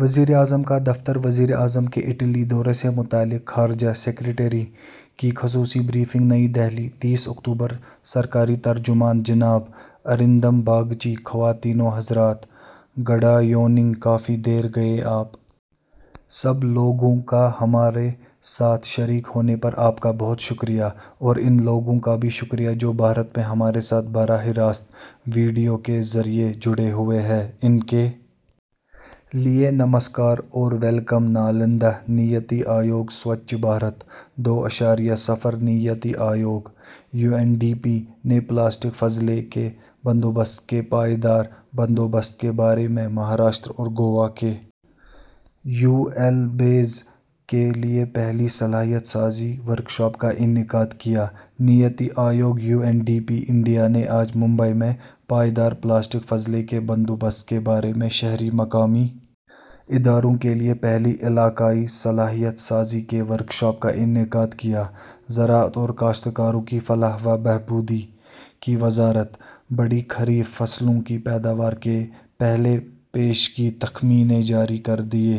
وزیراعظم کا دفتر وزیر اعظم کے اٹلی دورے سے متعلق خارجہ سکریٹری کی خصوصی بریفنگ نئی دہلی تیس اکتوبر سرکاری ترجمان جناب ارندم باگچی خواتین و حضرات گڈ ایوننگ کافی دیر گئے آپ سب لوگوں کا ہمارے ساتھ شریک ہونے پر آپ کا بہت شکریہ اور ان لوگوں کا بھی شکریہ جو بھارت میں ہمارے ساتھ براہ راست ویڈیو کے ذریعے جڑے ہوئے ہیں ان کے لیے نمسکار اور ویلکم نالندہ نیتی آیوگ سووچھ بھارت دو اشاریہ صفر NITI Aayog U N D P نے پلاسٹک فضلے کے بندوبست کے پائیدار بندوبست کے بارے میں مہاراشٹر اور گوا کے یو ایل بیز کے لیے پہلی صلاحیت سازی ورکشاپ کا انعقاد کیا NITI Aayog U N D P India نے آج ممبئی میں پائیدار پلاسٹک فضلے کے بندوبست کے بارے میں شہری مقامی اداروں کے لیے پہلی علاقائی صلاحیت سازی کی ورکشاپ کا انعقاد کیا زراعت اور کاشتکاروں کی فلاح و بہبود کی وزارت بڑی خریف فصلوں کی پیداوار کے پہلے پیشگی تخمینے جاری کر دیے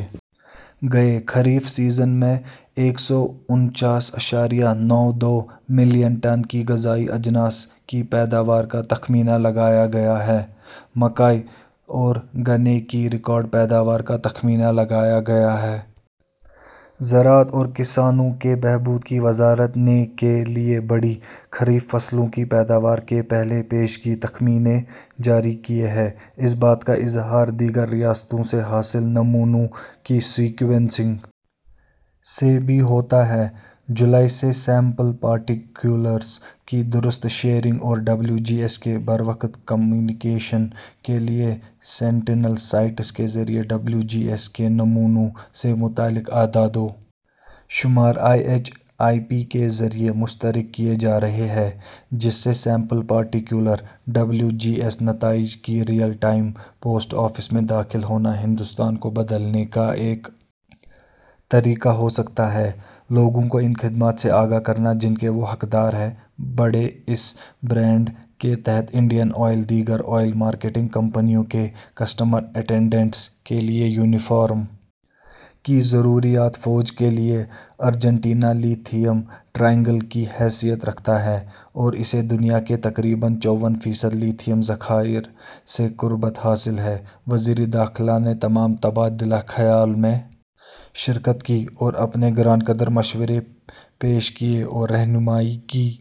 گئے خریف سیزن میں ایک سو انچاس اشاریہ نو دو ملین ٹن کی غذائی اجناس کی پیداوار کا تخمینہ لگایا گیا ہے مکئی اور گنے کی ریکارڈ پیداوار کا تخمینہ لگایا گیا ہے زراعت اور کسانوں کے بہبود کی وزارت نے کے لیے بڑی خریف فصلوں کی پیداوار کے پہلے پیشگی تخمینے جاری کیے ہیں اس بات کا اظہار دیگر ریاستوں سے حاصل نمونوں کی سیکوینسنگ سے بھی ہوتا ہے جولائی سے سیمپل پارٹیکولرس کی درست شیئرنگ اور ڈبلیو جی ایس کے بروقت کمیونیکیشن کے لیے سینٹینل سائٹس کے ذریعہ ڈبلیو جی ایس کے نمونوں سے متعلق اعداد و شمار آئی ایچ آئی پی کے ذریعہ مشترک کیے جا رہے ہیں جس سے sample particular W G S نتائج کی ریئل ٹائم پوسٹ آفس میں داخل ہونا ہندوستان کو بدلنے کا ایک طریقہ ہو سکتا ہے لوگوں کو ان خدمات سے آگاہ کرنا جن کے وہ حقدار ہیں بڑے اس برانڈ کے تحت انڈین آئل دیگر آئل مارکیٹنگ کمپنیوں کے کسٹمر اٹینڈنٹس کے لیے یونیفارم کی ضروریات فوج کے لیے ارجنٹینا لتھیم ٹرائینگ ل کی حیثیت رکھتا ہے اور اسے دنیا کے تقریباً چوون فیصد لتھیم ذخائر سے قربت حاصل ہے وزیر داخلہ نے تمام تبادلہ خیال میں شرکت کی اور اپنے گرانقدر مشورے پیش کیے اور رہنمائی کی